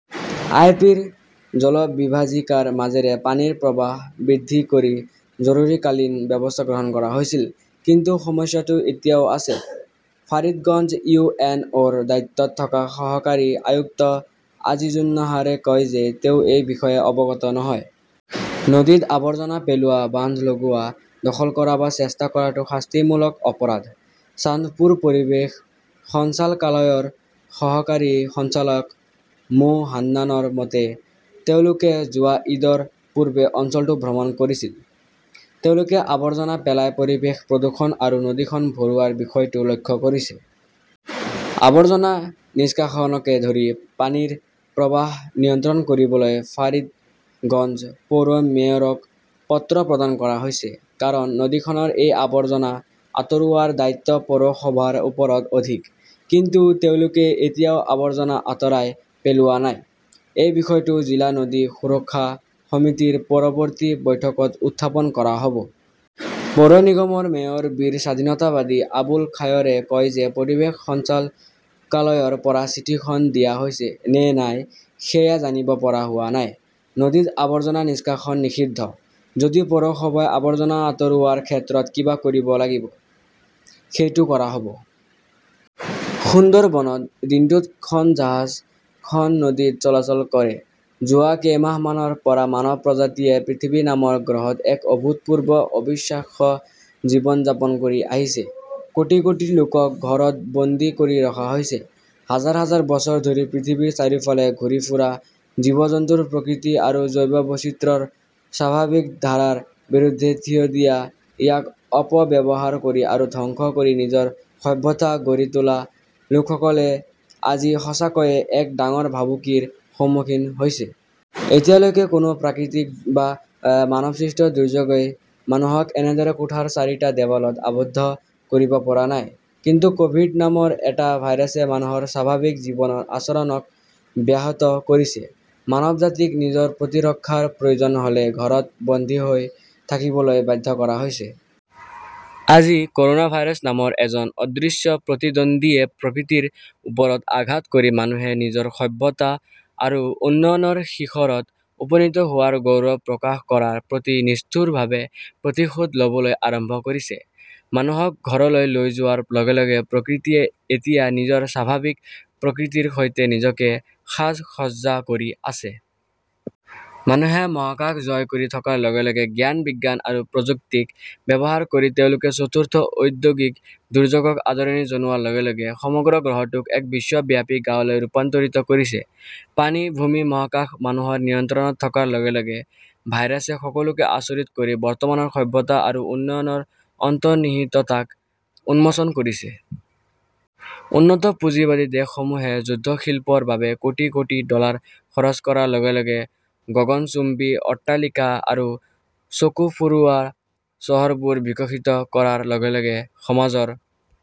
আই. P. ৰ জলবিভাজিকাৰ মাজেৰে পানীৰ প্ৰৱাহ বৃদ্ধি কৰি জৰুৰীকালীন ব্যৱস্থা গ্ৰহণ কৰা হৈছিল। কিন্তু সমস্যাটো এতিয়াও আছে। ফাৰিদগঞ্জ ইউ. এন. অ. ৰ দায়িত্বত থকা সহকাৰী আয়ুক্ত আজিজুন্নাহাৰে কয় যে তেওঁ এই বিষয়ে অৱগত নহয়। নদীত আৱৰ্জনা পেলোৱা, বান্ধ লগোৱা, দখল কৰা বা চেষ্টা কৰাটো শাস্তিমূলক অপৰাধ। চান্দপুৰ পৰিৱেশ সঞ্চালকালয়ৰ সহকাৰী সঞ্চালক মো. হান্নানৰ মতে, তেওঁলোকে যোৱা ঈদৰ পূৰ্বে অঞ্চলটো ভ্ৰমণ কৰিছিল। তেওঁলোকে আৱৰ্জনা পেলাই পৰিৱেশ প্ৰদূষণ আৰু নদীখন ভৰোৱাৰ বিষয়টো লক্ষ্য কৰিছে। আবৰ্জনা নিষ্কাশনকে ধৰি পানীৰ প্ৰৱাহ নিয়ন্ত্ৰণ কৰিবলৈ ফাৰিদগঞ্জ পৌৰ মেয়ৰক পত্ৰ প্ৰদান কৰা হৈছে। কাৰণ নদীখনৰ এই আৱৰ্জনা আঁতৰোৱাৰ দায়িত্ব পৌৰসভাৰ ওপৰত অধিক। কিন্তু তেওঁলোকে এতিয়াও আৱৰ্জনা আঁতৰাই পেলোৱা নাই। এই বিষয়টো জিলা নদী সুৰক্ষা সমিতিৰ পৰৱৰ্তী বৈঠকত উত্থাপন কৰা হ’ব। পৌৰ নিগমৰ মেয়ৰ বীৰ স্বাধীনতাবাদী আবুল খায়ৰে কয় যে পৰিৱেশ সঞ্চালকালয়ৰ পৰা চিঠিখন দিয়া হৈছে নে নাই সেয়া জানিব পৰা হোৱা নাই। নদীত আৱৰ্জনা নিষ্কাশন নিষিদ্ধ। যদি পৌৰসভাই আৱৰ্জনা আঁতৰোৱাৰ ক্ষেত্ৰত কিবা কৰিব লাগিব, সেইটো কৰা হ 'ব। সুন্দৰবনত দিনটোত খন জাহাজ খন নদীত চলাচল কৰে যোৱা কেইমাহমানৰ পৰা মানৱ প্ৰজাতিয়ে পৃথিৱী নামৰ গ্ৰহত এক অভূতপূৰ্ব অবিশ্বাস্য জীৱন যাপন কৰি আহিছে। কোটি কোটি লোকক ঘৰত বন্দী কৰি ৰখা হৈছে। হাজাৰ হাজাৰ বছৰ ধৰি পৃথিৱীৰ চাৰিওফালে ঘূৰি ফুৰা, জীৱ-জন্তুৰ প্ৰকৃতি আৰু জৈৱ বৈচিত্ৰ্যৰ স্বাভাৱিক ধাৰাৰ বিৰুদ্ধে থিয় দিয়া, ইয়াক অপব্যৱহাৰ কৰি আৰু ধ্বংস কৰি নিজৰ সভ্যতা গঢ়ি তোলা লোকসকলে আজি সঁচাকৈয়ে এক ডাঙৰ ভাবুকিৰ সন্মুখীন হৈছে। এতিয়ালৈকে কোনো প্ৰাকৃতিক বা মানৱসৃষ্ট দুৰ্যোগই মানুহক এনেদৰে কোঠাৰ চাৰিটা দেৱালত আবদ্ধ কৰিব পৰা নাই। কিন্তু ক’ভিড- নামৰ এটা ভাইৰাছে মানুহৰ স্বাভাৱিক জীৱনৰ আচৰণক ব্যাহত কৰিছে। মানৱজাতিক নিজৰ প্ৰতিৰক্ষাৰ প্ৰয়োজন হ’লে ঘৰত বন্দী হৈ থাকিবলৈ বাধ্য কৰা হৈছে। আজি ক’ৰনা ভাইৰাছ নামৰ এজন অদৃশ্য প্ৰতিদ্বন্দ্বীয়ে প্ৰকৃতিৰ ওপৰত আঘাত কৰি মানুহে নিজৰ সভ্যতা আৰু উন্নয়নৰ শিখৰত উপনীত হোৱাৰ গৌৰৱ প্ৰকাশ কৰাৰ প্ৰতি নিষ্ঠুৰভাৱে প্ৰতিশোধ ল'বলৈ আৰম্ভ কৰিছে। মানুহক ঘৰলৈ লৈ যোৱাৰ লগে লগে প্ৰকৃতিয়ে এতিয়া নিজৰ স্বাভাৱিক প্ৰকৃতিৰ সৈতে নিজকে সাজ-সজ্জা কৰি আছে। মানুহে মহাকাশ জয় কৰি থকাৰ লগে লগে, জ্ঞান-বিজ্ঞান আৰু প্ৰযুক্তিক ব্যৱহাৰ কৰি তেওঁলোকে চতুৰ্থ ঔদ্যোগিক দুৰ্যোগক আদৰণি জনোৱাৰ লগে লগে, সমগ্ৰ গ্ৰহটোক এক বিশ্বব্যাপী গাঁৱলৈ ৰূপান্তৰিত কৰিছে, পানী-ভূমি-মহাকাশ মানুহৰ নিয়ন্ত্ৰণত থকাৰ লগে লগে, ভাইৰাছে সকলোকে আচৰিত কৰি বৰ্তমানৰ সভ্যতা আৰু উন্নয়নৰ অন্তৰ্নিহিততাক উন্মোচন কৰিছে। উন্নত পুঁজিবাদী দেশসমূহে যুদ্ধশিল্পৰ বাবে কোটি কোটি ডলাৰ খৰচ কৰাৰ লগে লগে, গগনচুম্বী অট্টালিকা আৰু চকু ফুৰোৱা চহৰবোৰ বিকশিত কৰাৰ লগে লগে, সমাজৰ